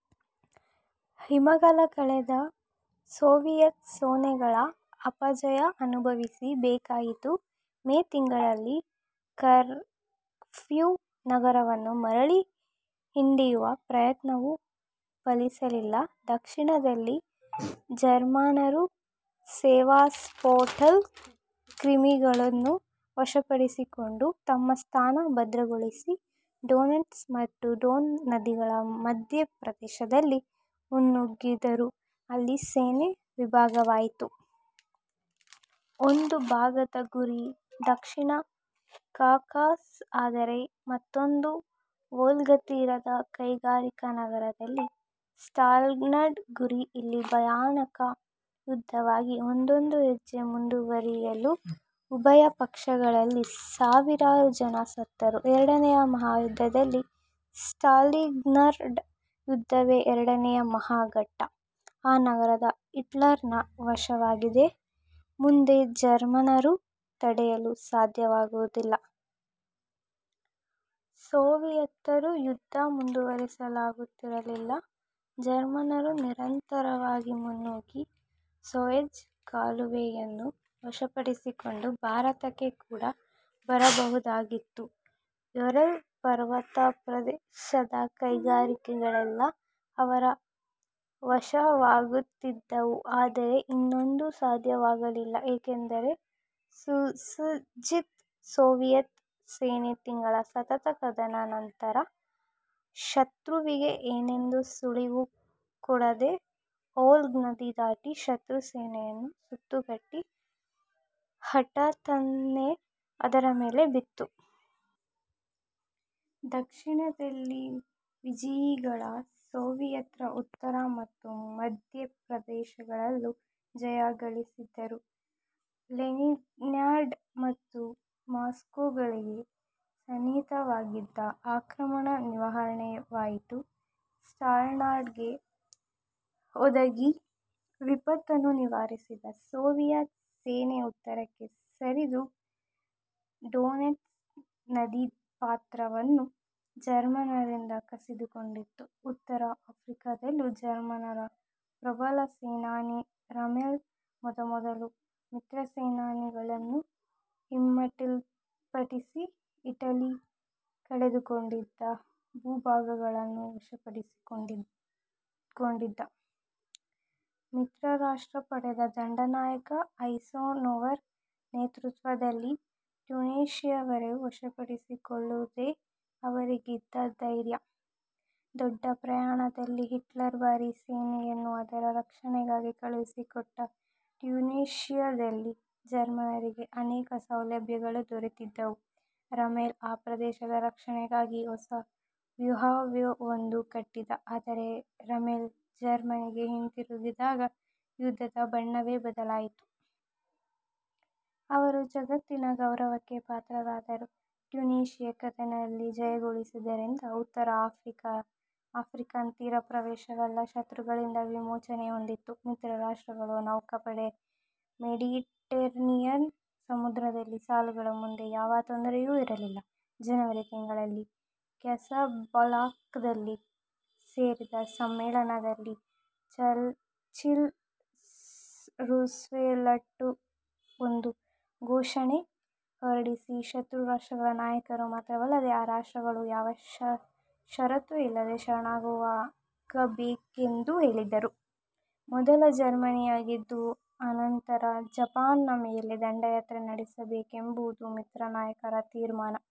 ಹಿಮಗಾಲ ಕಳೆದಾಗ ಸೋವಿಯತ್ ಸೇನೆಗಳು ಅಪಜಯ ಅನುಭವಿಸ ಬೇಕಾಯಿತು. ಮೇ ತಿಂಗಳಲ್ಲಿ ಕಾರ್ಕೊಫ್ ನಗರವನ್ನು ಮರಳಿ ಹಿಡಿಯುವ ಪ್ರಯತ್ನವೂ ಫಲಿಸಲಿಲ್ಲ. ದಕ್ಷಿಣದಲ್ಲಿ ಜರ್ಮನ್ನರು ಸೆವಾಸ್ಟೊಪೋಲ್ ಕ್ರಿಮಿಯಗಳನ್ನು ವಶಪಡಿಸಿಕೊಂಡು, ತಮ್ಮ ಸ್ಥಾನ ಭದ್ರಗೊಳಿಸಿ, ಡೊನೆಟ್ಸ್ ಮತ್ತು ಡಾನ್ ನದಿಗಳ ಮಧ್ಯ ಪ್ರದೇಶದಲ್ಲಿ ಮುನ್ನುಗ್ಗಿದರು. ಅಲ್ಲಿ ಸೇನೆ ಇಬ್ಭಾಗವಾಯಿತು. ಒಂದು ಭಾಗದ ಗುರಿ ದಕ್ಷಿಣ ಕಾಕಸಸ್ ಆದರೆ ಮತ್ತೊಂದಕ್ಕೆ ವೋಲ್ಗಾತೀರದ ಕೈಗಾರಿಕಾನಗರ ಸ್ಟಾಲಿನ್ಗ್ರಾಡ್ ಗುರಿ. ಇಲ್ಲಿ ಭಯಂಕರ ಯುದ್ಧವಾಗಿ ಒಂದೊಂದು ಹೆಜ್ಜೆ ಮುಂದುವರಿಯಲೂ ಉಭಯ ಪಕ್ಷಗಳಲ್ಲೂ ಸಾವಿರಾರು ಜನ ಸತ್ತರು. ಎರಡನೆಯ ಮಹಾಯುದ್ಧದಲ್ಲಿ ಸ್ಟಾಲಿನ್ಗ್ರಾಡ್ ಯುದ್ಧವೇ ಎರಡನೆಯ ಮಹಾ ಘಟ್ಟ. ಆ ನಗರ ಹಿಟ್ಲರನ ವಶವಾಗಿದ್ದರೆ ಮುಂದೆ ಜರ್ಮನ್ನರನ್ನು ತಡೆಯಲು ಸಾಧ್ಯವಾಗುತ್ತಿರಲಿಲ್ಲ. ಸೋವಿಯತರು ಯುದ್ಧ ಮುಂದುವರಿಸಲಾಗುತ್ತಿರಲಿಲ್ಲ. ಜರ್ಮನ್ನರು ನಿರಂತರವಾಗಿ ಮುನ್ನುಗ್ಗಿ ಸೂಯೆಜ್ ಕಾಲುವೆ ಯನ್ನು ವಶಪಡಿಸಿಕೊಂಡು ಭಾರತಕ್ಕೆ ಕೂಡ ಬರಬಹುದಾಗಿತ್ತು. ಯೂರಲ್ ಪರ್ವತಪ್ರದೇಶದ ಕೈಗಾರಿಕೆಗಳೆಲ್ಲ ಅವರ ವಶವಾಗುತ್ತಿದ್ದುವು. ಆದರೆ ಇದೊಂದೂ ಸಾಧ್ಯವಾಗಲಿಲ್ಲ. ಏಕೆಂದರೆ ಸುಸಜ್ಜಿತ ಸೋವಿಯತ್ ಸೇನೆ ತಿಂಗಳ ಸತತ ಕದನದ ಅನಂತರ, ಶತ್ರುವಿಗೆ ಏನೊಂದೂ ಸುಳಿವು ಕೊಡದೆ ವೋಲ್ಗಾ ನದಿ ದಾಟಿ, ಶತ್ರು ಸೇನೆಯನ್ನು ಸುತ್ತುಗಟ್ಟಿ ಹಠಾತ್ತನೆ ಅದರ ಮೇಲೆ ಬಿತ್ತು. ದಕ್ಷಿಣದಲ್ಲಿ ವಿಜಯಿಗಳಾದ ಸೋವಿಯತ್ರು ಉತ್ತರ ಮತ್ತು ಮಧ್ಯ ಪ್ರದೇಶಗಳಲ್ಲೂ ಜಯ ಗಳಿಸಿದರು. ಲೆನಿನ್ಗ್ರಾಡ್ ಮತ್ತು ಮಾಸ್ಕೋಗಳಿಗೆ ಸನ್ನಿಹಿತವಾಗಿದ್ದ ಆಕ್ರಮಣ ನಿವಾರಣೆಯಾಯಿತು. ಸ್ಟಾಲಿನ್ಗ್ರಾಡ್ಗೆ ಒದಗಿದ್ದ ವಿಪತ್ತನ್ನು ನಿವಾರಿಸಿದ ಸೋವಿಯತ್ ಸೇನೆ ಉತ್ತರಕ್ಕೆ ಸರಿದು ಡೊನೆಟ್ಸ್ ನದೀಪಾತ್ರವನ್ನು ಜರ್ಮನ್ನರಿಂದ ಕಸಿದುಕೊಂಡಿತು. ಉತ್ತರ ಆಫ್ರಿಕದಲ್ಲೂ ಜರ್ಮನ್ನರ ಪ್ರಬಲ ಸೇನಾನಿ ರಾಮೆಲ್ ಮೊದಮೊದಲು ಮಿತ್ರಸೇನೆಗಳನ್ನು ಹಿಮ್ಮೆಟ್ಟಿಸಿ ಇಟಲಿ ಕಳೆದುಕೊಂಡಿದ್ದ ಭೂಭಾಗಗಳನ್ನು ವಶಪಡಿಸಿಕೊಂಡಿದ್ದ. ಮಿತ್ರರಾಷ್ಟ್ರ ಪಡೆಗಳ ದಂಡನಾಯಕ ಐಸನ್ಹೋವರ್ ನೇತೃತ್ವದಲ್ಲಿ ಟ್ಯುನೀಷಿಯವನ್ನು ವಶಪಡಿಸಿಕೊಳ್ಳುವುದೇ ಅವರಿಗಿದ್ದ ಧ್ಯೇಯ. ದೊಡ್ಡ ಪ್ರಮಾಣದಲ್ಲಿ ಹಿಟ್ಲರ್ ಭಾರೀ ಸೇನೆಯನ್ನು ಅದರ ರಕ್ಷಣೆಗೆ ಕಳುಹಿಸಿಕೊಟ್ಟ. ಟ್ಯುನೀಷಿಯದಲ್ಲಿ ಜರ್ಮನ್ನರಿಗೆ ಅನೇಕ ಸೌಲಭ್ಯಗಳು ದೊರೆತಿದ್ದವು. ರಾಮೆಲ್ ಆ ಪ್ರದೇಶದ ರಕ್ಷಣೆಗಾಗಿ ಹೊಸ ವ್ಯೂಹವೊಂದನ್ನು ಕಟ್ಟಿದ್ದ. ಆದರೆ ರಾಮೆಲ್ ಜರ್ಮನಿಗೆ ಹಿಂತಿರುಗಿದಾಗ ಯುದ್ಧದ ಬಣ್ಣವೇ ಬದಲಾಯಿತು. ಅವರು ಜಗತ್ತಿನ ಗೌರವಕ್ಕೆ ಪಾತ್ರರಾದರು. ಟ್ಯುನೀಷಿಯ ಕದನದಲ್ಲಿ ಜಯಗಳಿಸಿದ್ದರಿಂದ ಉತ್ತರ ಆಫ್ರಿಕನ್ ತೀರಪ್ರದೇಶವೆಲ್ಲ ಶತ್ರುಗಳಿಂದ ವಿಮೋಚನೆ ಹೊಂದಿತು. ಮಿತ್ರ ರಾಷ್ಟ್ರಗಳ ನೌಕಾಪಡೆ ಮೆಡಿಟರೇನಿಯನ್ ಸಮುದ್ರದಲ್ಲಿ ಸಾಗಲು ಮುಂದೆ ಯಾವ ತೊಂದರೆಯೂ ಇರಲಿಲ್ಲ. ಜನವರಿ ತಿಂಗಳಲ್ಲಿ ಕ್ಯಾಸಬ್ಲಾಂಕದಲ್ಲಿ ಸೇರಿದ್ದ ಸಮ್ಮೇಳನದಲ್ಲಿ ಚರ್ಚಿಲ್-ರೂಸ್ವೆಲ್ಟರು ಒಂದು ಘೋಷಣೆ ಹೊರಡಿಸಿ ಶತ್ರುರಾಷ್ಟ್ರಗಳ ನಾಯಕರು ಮಾತ್ರವಲ್ಲದೆ ಆ ರಾಷ್ಟ್ರಗಳೂ ಯಾವ ಷರತ್ತೂ ಇಲ್ಲದೆ ಶರಣಾಗತವಾಗಬೇಕೆಂದು ಹೇಳಿದ್ದರು. ಮೊದಲ ಜರ್ಮನಿಯನ್ನು ಗೆದ್ದು ಅನಂತರ ಜಪಾನ್ನ ದಂಡಯಾತ್ರೆ ನಡೆಸಬೇಕೆಂಬುದು ಮಿತ್ರನಾಯಕರ ತೀರ್ಮಾನ